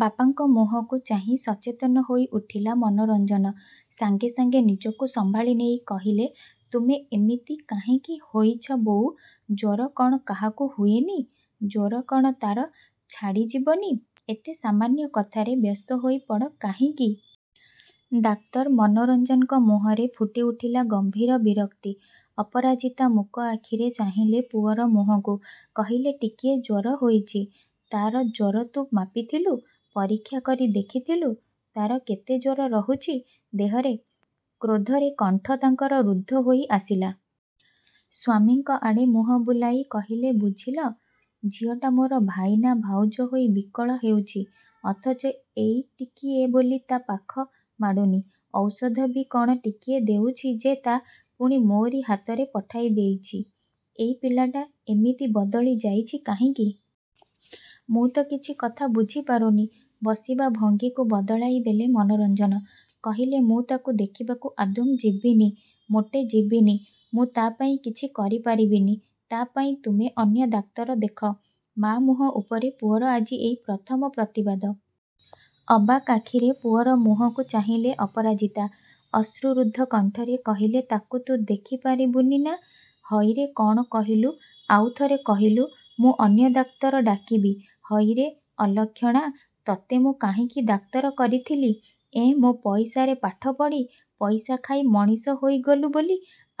ବାପାଙ୍କ ମୁହଁକୁ ଚାହିଁ ସଚେତନ ହୋଇ ଉଠିଲା ମନୋରଞ୍ଜନ। ସାଙ୍ଗେ ସାଙ୍ଗେ ନିଜକୁ ସମ୍ଭାଳି ନେଇ କହିଲେ ତୁମେ ଏମିତି କାହିଁକି ହୋଇଛ ବୋଉ? ଜ୍ୱର କ'ଣ କାହାକୁ ହୁଏନି? ଜ୍ୱର କ'ଣ ତା'ର ଛାଡ଼ି ଯିବନି। ଏତେ ସାମାନ୍ୟ କଥାରେ ବ୍ୟସ୍ତ ହୋଇ ପଡ଼ କାହିଁକି? ଡାକ୍ତର ମନୋରଞ୍ଜନଙ୍କ ମୁହଁରେ ଫୁଟି ଉଠିଲା ଗମ୍ଭୀର ବିରକ୍ତି। ଅପରାଜିତା ମୂକ ଆଖିରେ ଚାହିଁଲେ ପୁଅର ମୁହଁକୁ। କହିଲେ ଟିକିଏ ଜ୍ୱର ହୋଇଛି? ତା'ର। ଜ୍ୱର ତୁ ମାପିଥିଲୁ? ପରୀକ୍ଷା କରି ଦେଖିଥିଲୁ ତା'ର କେତେ ଜ୍ୱର ରହୁଛି ଦେହରେ। କ୍ରୋଧରେ କଣ୍ଠ ତାଙ୍କର ରୁଦ୍ଧ ହୋଇ ଆସିଲା। ସ୍ୱାମୀଙ୍କ ଆଡ଼େ ମୁହଁ ବୁଲାଇ କହିଲେ ବୁଝିଲ! ଝିଅଟା ମୋର ଭାଇନା, ଭାଉଜ ହୋଇ ବିକଳ ହେଉଛି, ଅଥଚ ଏଇ ଟିକିଏ ବୋଲି ତା' ପାଖ ମାଡ଼ୁନି। ଔଷଧ ବି କ'ଣ ଟିକିଏ ଦେଉଛି ଯେ ତା' ପୁଣି ମୋରି ହାତରେ ପଠାଇ ଦେଇଛି। ଏଇ ପିଲାଟା ଏମିତି ବଦଳି ଯାଇଛି କାହିଁକି? ମୁଁ ତ କିଛି କଥା ବୁଝି ପାରୁନି! ବସିବା ଭଙ୍ଗୀକୁ ବଦଳାଇ ଦେଲେ ମନୋରଞ୍ଜନ, କହିଲେ ମୁଁ ତାକୁ ଦେଖିବାକୁ ଆଦୌ ଯିବିନି, ମୋଟେ ଯିବିନି। ମୁଁ ତା' ପାଇଁ କିଛି କରି ପାରିବିନି। ତା' ପାଇଁ ତୁମେ ଅନ୍ୟ ଡାକ୍ତର ଦେଖ। ମାଆ ମୁହଁ ଉପରେ ପୁଅର ଆଜି ଏଇ ପ୍ରଥମ ପ୍ରତିବାଦ। ଅବାକ୍ ଆଖିରେ ପୁଅର ମୁହଁକୁ ଚାହିଁଲେ ଅପରାଜିତା। ଅଶ୍ରୁରୁଦ୍ଧ କଣ୍ଠରେ କହିଲେ ତାକୁ ତୁ ଦେଖି ପାରିବୁନି ନା, ହଇରେ କ'ଣ କହିଲୁ, ଆଉ ଥରେ କହିଲୁ। ମୁଁ ଅନ୍ୟ ଡାକ୍ତର ଡାକିବି। ହଇରେ ଅଲକ୍ଷଣା, ତତେ ମୁଁ କାହିଁକି ଡାକ୍ତର କରିଥିଲି। ଏଁ ମୋ ପଇସାରେ ପାଠ ପଢ଼ି, ପଇସା ଖାଇ ମଣିଷ ହୋଇଗଲୁ ବୋଲି,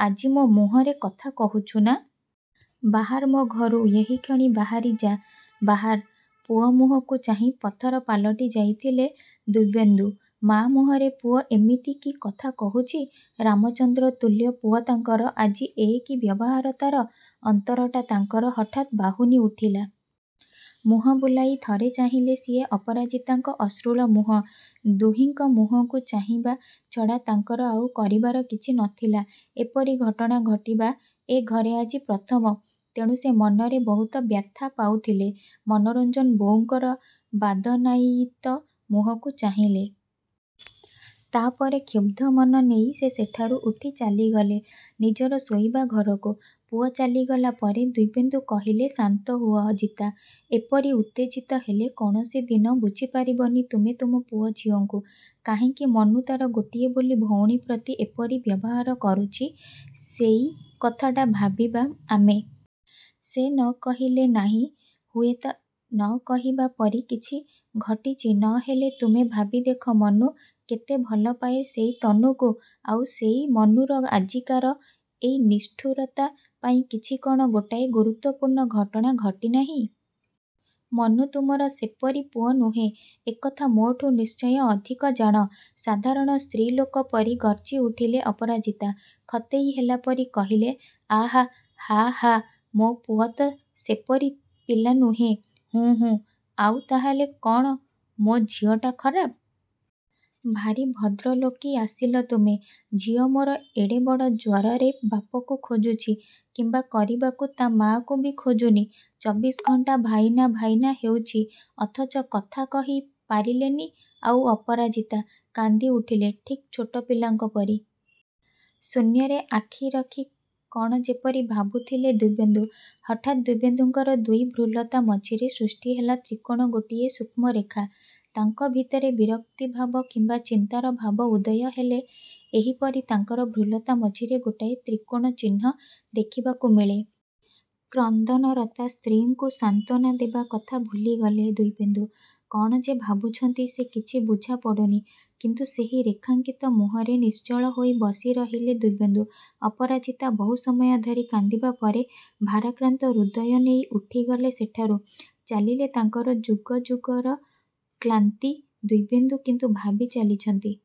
ଆଜି ମୋ ମୁହଁରେ କଥା କହୁଛୁ ନା? ବାହାର ମୋ ଘରୁ, ଏହିକ୍ଷଣି ବାହାରି ଯା। ବାହାର, ପୁଅ ମୁହଁକୁ ଚାହିଁ ପଥର ପାଲଟି ଯାଇଥିଲେ ଦିବ୍ୟେନ୍ଦୁ। ମାଆ ମୁହଁରେ ପୁଅ ଏମିତି କି କଥା କହୁଛି! ରାମଚନ୍ଦ୍ର ତୁଲ୍ୟ ପୁଅ ତାଙ୍କର ଆଜି ଏ କି ବ୍ୟବହାର ତା'ର! ଅନ୍ତରଟା ତାଙ୍କର ହଠାତ୍ ବାହୁନି ଉଠିଲା। ମୁହଁ ବୁଲାଇ ଥରେ ଚାହିଁଲେ ସିଏ, ଅପରାଜିତାଙ୍କ ଅଶ୍ରୁଳ ମୁହଁ। ଦୁହିଁଙ୍କ ମୁହଁକୁ ଚାହିଁବା ଛଡ଼ା ତାଙ୍କର ଆଉ କରିବାର କିଛି ନଥିଲା। ଏପରି ଘଟଣା ଘଟିବା ଏ ଘରେ ଆଜି ପ୍ରଥମ। ତେଣୁ ସେ ମନରେ ବହୁତ ବ୍ୟଥା ପାଉଥିଲେ। ମନୋରଞ୍ଜନ ବୋଉଙ୍କର ବାଦନାୟୀତ ମୁହଁକୁ ଚାହିଁଲେ। ତା' ପରେ କ୍ଷୁବ୍ଧ ମନ ନେଇ ସେ ସେଠାରୁ ଉଠି ଚାଲିଗଲେ ନିଜର ଶୋଇବା ଘରକୁ। ପୁଅ ଚାଲିଗଲା ପରେ ଦିବ୍ୟେନ୍ଦୁ କହିଲେ ଶାନ୍ତ ହୁଅ ଜିତା, ଏପରି ଉତ୍ତେଜିତ ହେଲେ କୌଣସି ଦିନ ବୁଝି ପାରିବନି ତୁମେ ତୁମ ପୁଅ ଝିଅଙ୍କୁ। କାହିଁକି ମନୁ ତା'ର ଗୋଟିଏ ବୋଲି ଭଉଣୀ ପ୍ରତି ଏପରି ବ୍ୟବହାର କରୁଛି ସେଇ କଥାଟା ଭାବିବା ଆମେ। ସେ ନ କହିଲେ ନାହିଁ। ହୁଏତ ନ କହିବା ପରି କିଛି ଘଟିଛି ନହେଲେ ତୁମେ ଭାବି ଦେଖ ମନୁ କେତେ ଭଲ ପାଏ ସେଇ ତନୁକୁ। ଆଉ ସେଇ ମନୁର ଆଜିକାର ଏଇ ନିଷ୍ଠୁରତା ପାଇଁ କିଛି କ'ଣ ଗୋଟାଏ ଗୁରୁତ୍ୱପୂର୍ଣ୍ଣ ଘଟଣା ଘଟି ନାହିଁ! ମନୁ ତୁମର ସେପରି ପୁଅ ନୁହେଁ, ଏକଥା ମୋଠୁ ନିଶ୍ଚୟ ଅଧିକ ଜାଣ। ସାଧାରଣ ସ୍ତ୍ରୀଲୋକ ପରି ଗର୍ଜି ଉଠିଲେ ଅପରାଜିତା। ଖତେଇ ହେଲା ପରି କହିଲେ ଆହା ହା ହା, ମୋ ପୁଅ ତ ସେପରି ପିଲା ନୁହେଁ। ହୁଁ ହୁଁ ଆଉ, ତାହେଲେ କ'ଣ ମୋ ଝିଅଟା ଖରାପ? ଭାରି ଭଦ୍ରଲୋକି ଆସିଲ ତୁମେ। ଝିଅ ମୋର ଏଡ଼େ ବଡ଼ ଜ୍ୱରରେ ବାପକୁ ଖୋଜୁଚି, କିମ୍ବା କରିବାକୁ ତା' ମାଆକୁ ବି ଖୋଜୁନି। ଚବିଶ ଘଣ୍ଟା ଭାଇନା, ଭାଇନା ହେଉଛି। ଅଥଚ କଥା କହି ପାରିଲେନି ଆଉ ଅପରାଜିତା। କାନ୍ଦି ଉଠିଲେ ଠିକ୍ ଛୋଟ ପିଲାଙ୍କ ପରି। ଶୂନ୍ୟରେ ଆଖି ରଖି କ'ଣ ଯେପରି ଭାବୁଥିଲେ ଦିବ୍ୟେନ୍ଦୁ। ହଠାତ୍ ଦିବ୍ୟେନ୍ଦୁଙ୍କର ଦୁଇ ଭ୍ରୂଲତା ମଝିରେ ସୃଷ୍ଟି ହେଲା ତ୍ରିକୋଣ ଗୋଟିଏ ସୂକ୍ଷ୍ମରେଖା। ତାଙ୍କ ଭିତରେ ବିରକ୍ତିଭାବ କିମ୍ବା ଚିନ୍ତାର ଭାବ ଉଦୟ ହେଲେ ଏହିପରି ତାଙ୍କର ଭ୍ରୂଲତା ମଝିରେ ଗୋଟାଏ ତ୍ରିକୋଣ ଚିହ୍ନ ଦେଖିବାକୁ ମିଳେ। କ୍ରନ୍ଦନରତା ସ୍ତ୍ରୀଙ୍କୁ ସାନ୍ତ୍ୱନା ଦେବା କଥା ଭୁଲିଗଲେ ଦିବ୍ୟେନ୍ଦୁ। କ'ଣ ଯେ ଭାବୁଛନ୍ତି ସେ କିଛି ବୁଝା ପଡ଼ୁନି। କିନ୍ତୁ ସେହି ରେଖାଙ୍କିତ ମୁହଁରେ ନିଶ୍ଚଳ ହୋଇ ବସି ରହିଲେ ଦିବ୍ୟେନ୍ଦୁ। ଅପରାଜିତା ବହୁ ସମୟ ଧରି କାନ୍ଦିବା ପରେ ଭାରାକ୍ରାନ୍ତ ହୃଦୟ ନେଇ ଉଠିଗଲେ ସେଠାରୁ। ଚାଲିଲେ ତାଙ୍କର ଯୁଗଯୁଗର କ୍ଳାନ୍ତି। ଦିବ୍ୟେନ୍ଦୁ କିନ୍ତୁ ଭାବି ଚାଲିଛନ୍ତି।